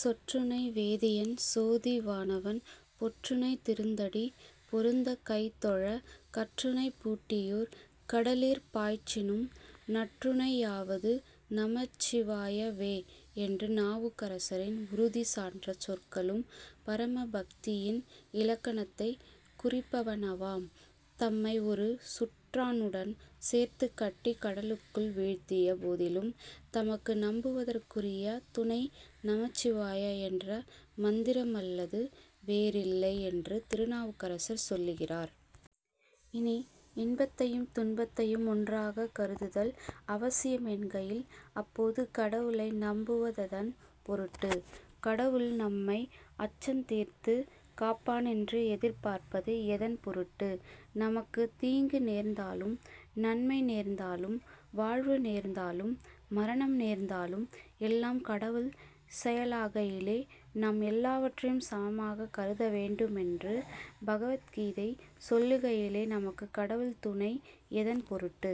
சொற்றுணை வேதியன் சோதி வானவன் பொற்றுணை திருந்தடி பொருந்தக் கைதொழக் கற்றுணைப் பூட்டியோர் கடலிற் பாய்ச்சினும் நற்றுணை யாவது நமச்சிவாயவே என்று நாவுக்கரசரின் உறுதி சான்ற சொற்களும் பரமபக்தியின் இலக்கணத்தைக் குறிப்பவனவாம். தம்மை ஒரு சுற்றாணுடன் சேர்த்துக் கட்டிக் கடலுக்குள் வீழ்த்திய போதிலும் தமக்கு நம்புவதற்குரிய துணை நமச்சிவாய என்ற மந்திரமல்லது வேறில்லை என்று திருநாவுக்கரசர் சொல்லுகிறார். இனி, இன்பத்தையும் துன்பத்தையும் ஒன்றாகக் கருதுதல் அவசியமென்கையில், அப்போது கடவுளை நம்புவதெதன் பொருட்டு? கடவுள் நம்மை அச்சந்தீர்த்துக் காப்பானென்று எதிர்ப்பார்ப்பது எதன் பொருட்டு? நமக்குத் தீங்கு நேர்ந்தாலும், நன்மை நேர்ந்தாலும், வாழ்வு நேர்ந்தாலும், மரணம் நேர்ந்தாலும் எல்லாம் கடவுள் செயலாகையிலே நாம் எல்லாவற்றையும் சமமாகக் கருத வேண்டுமென்று பகவத் கீதை சொல்லுகையிலே, நமக்குக் கடவுள் துணை எதன் பொருட்டு?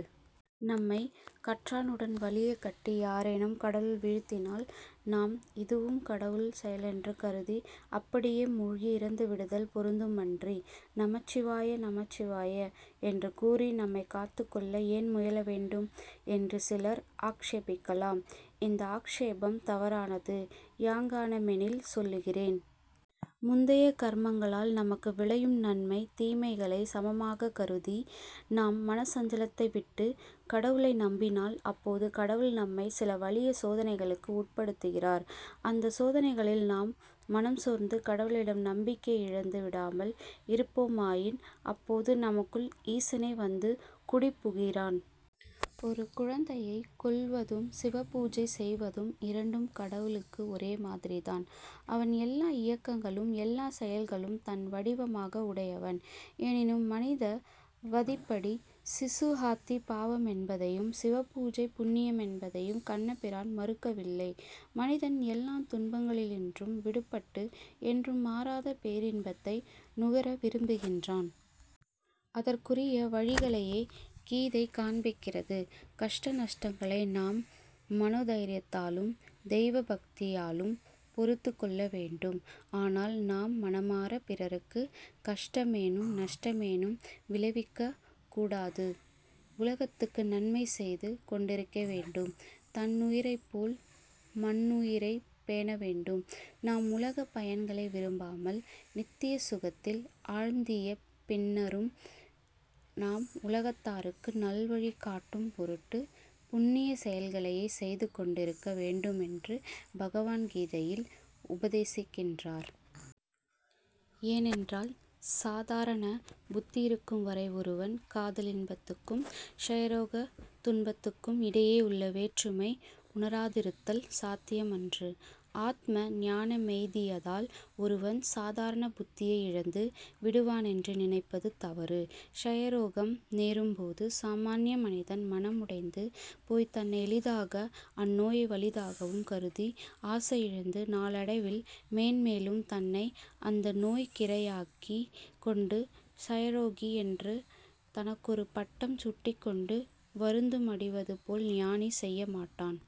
நம்மைக் கற்றாணுடன் வலியக் கட்டி யாரேனும் கடலுள் வீழ்த்தினால், நாம் இதுவும் கடவுள் செயலென்று கருதி அப்படியே மூழ்கி இறந்து விடுதல் பொருந்துமன்றி, நமச்சிவாய, நமச்சிவாய என்று கூறி நம்மைக் காத்துக்கொள்ள ஏன் முயல வேண்டும்? என்று சிலர் ஆக்ஷேபிக்கலாம். இந்த ஆக்ஷேபம் தவறானது. யாங்ஙனமெனில், சொல்லுகிறேன். முந்திய கர்மங்களால் நமக்கு விளையும் நன்மை தீமைகளைச் சமமாகக் கருதி நாம் மனச்சஞ்லத்தை விட்டுக் கடவுளை நம்பினால், அப்போது கடவுள் நம்மைச் சில வலிய சோதனைகளுக்கு உட்படுத்துகிறார். அந்தச் சோதனைகளில் நாம் மனஞ்சோர்ந்து கடவுளிடம் நம்பிக்கையை இழந்து விடாமல் இருப்போமாயின், அப்போது நமக்குள் ஈசனே வந்து குடிபுகிறான். ஒரு குழந்தையைக் கொல்லுவதும், சிவ பூஜை செய்வதும் இரண்டும் கடவுளுக்கு ஒரே மாதிரிதான். அவன் எல்லா இயக்கங்களும், எல்லாச் செயல்களும் தன் வடிவமாக உடையவன், எனினும், மனித வதிப்படி சிசு ஹத்தி பாவமென்பதையும், சிவபூஜை புண்ணியமென்பதையும் கண்ணபிரான் மறுக்கவில்லை. மனிதன் எல்லாந் துன்பங்களினின்றும் விடுபட்டும், என்றும் மாறாத பேரின்பத்தை நுகர விரும்புகின்றான். அதற்குரிய வழிகளையே கீதை காண்பிக்கிறது. கஷ்ட நஷ்டங்களை நாம் மனோ தைரியத்தாலும் தெய்வ பக்தியாலும் பொறுத்துக் கொள்ளவேண்டும். ஆனால், நாம் மனமாரப் பிறருக்குக் கஷ்ட மேனும் நஷ்ட மேனும் விளைவிக்கக் கூடாது. உலகத்துக்கு நன்மை செய்து கொண்டேயிருக்க வேண்டும். தன்னுயிரைப்போல் மன்னுயிரைப் பேணவேண்டும். நாம் உலகப் பயன்களை விரும்பாமல், நித்திய சுகத்தில் ஆழ்ந்திய பின்னரும், நாம் உலகத்தாருக்கு நல்வழி காட்டும் பொருட்டுப் புண்ணியச் செயல்களையே செய்து கொண்டிருக்க வேண்டுமென்று பகவான் கீதையில் உபதேசிக்கின்றார். ஏனென்றால், சாதாரண புத்தியிருக்கும் வரை ஒருவன் காதலின்பத்துக்கும் க்ஷயரோகத் துன்பத்துக்கும் இடையேயுள்ள வேற்றுமை உணராதிருத்தல் சாத்தியமன்று. ஆத்ம ஞானமெய்தியதால் ஒருவன் சாதாரண புத்தியை இழந்து விடுவானென்று நினைப்பது தவறு. க்ஷயரோகம் நேரும்போது சாமன்ய மனிதன் மனமுடைந்து போய்த் தன்னை எளிதாகவும் அந்நோயை வலிதாகவும் கருதி, ஆசையிழந்து நாளடைவில் மேன்மேலும் தன்னை அந்த நோய்க்கிரையாகிக் கொண்டு, க்ஷயரோகி என்று தனக்கொரு பட்டஞ் சூட்டிக்கொண்டு வருந்து மடிவதுபோல் ஞானி செய்யமாட்டான்.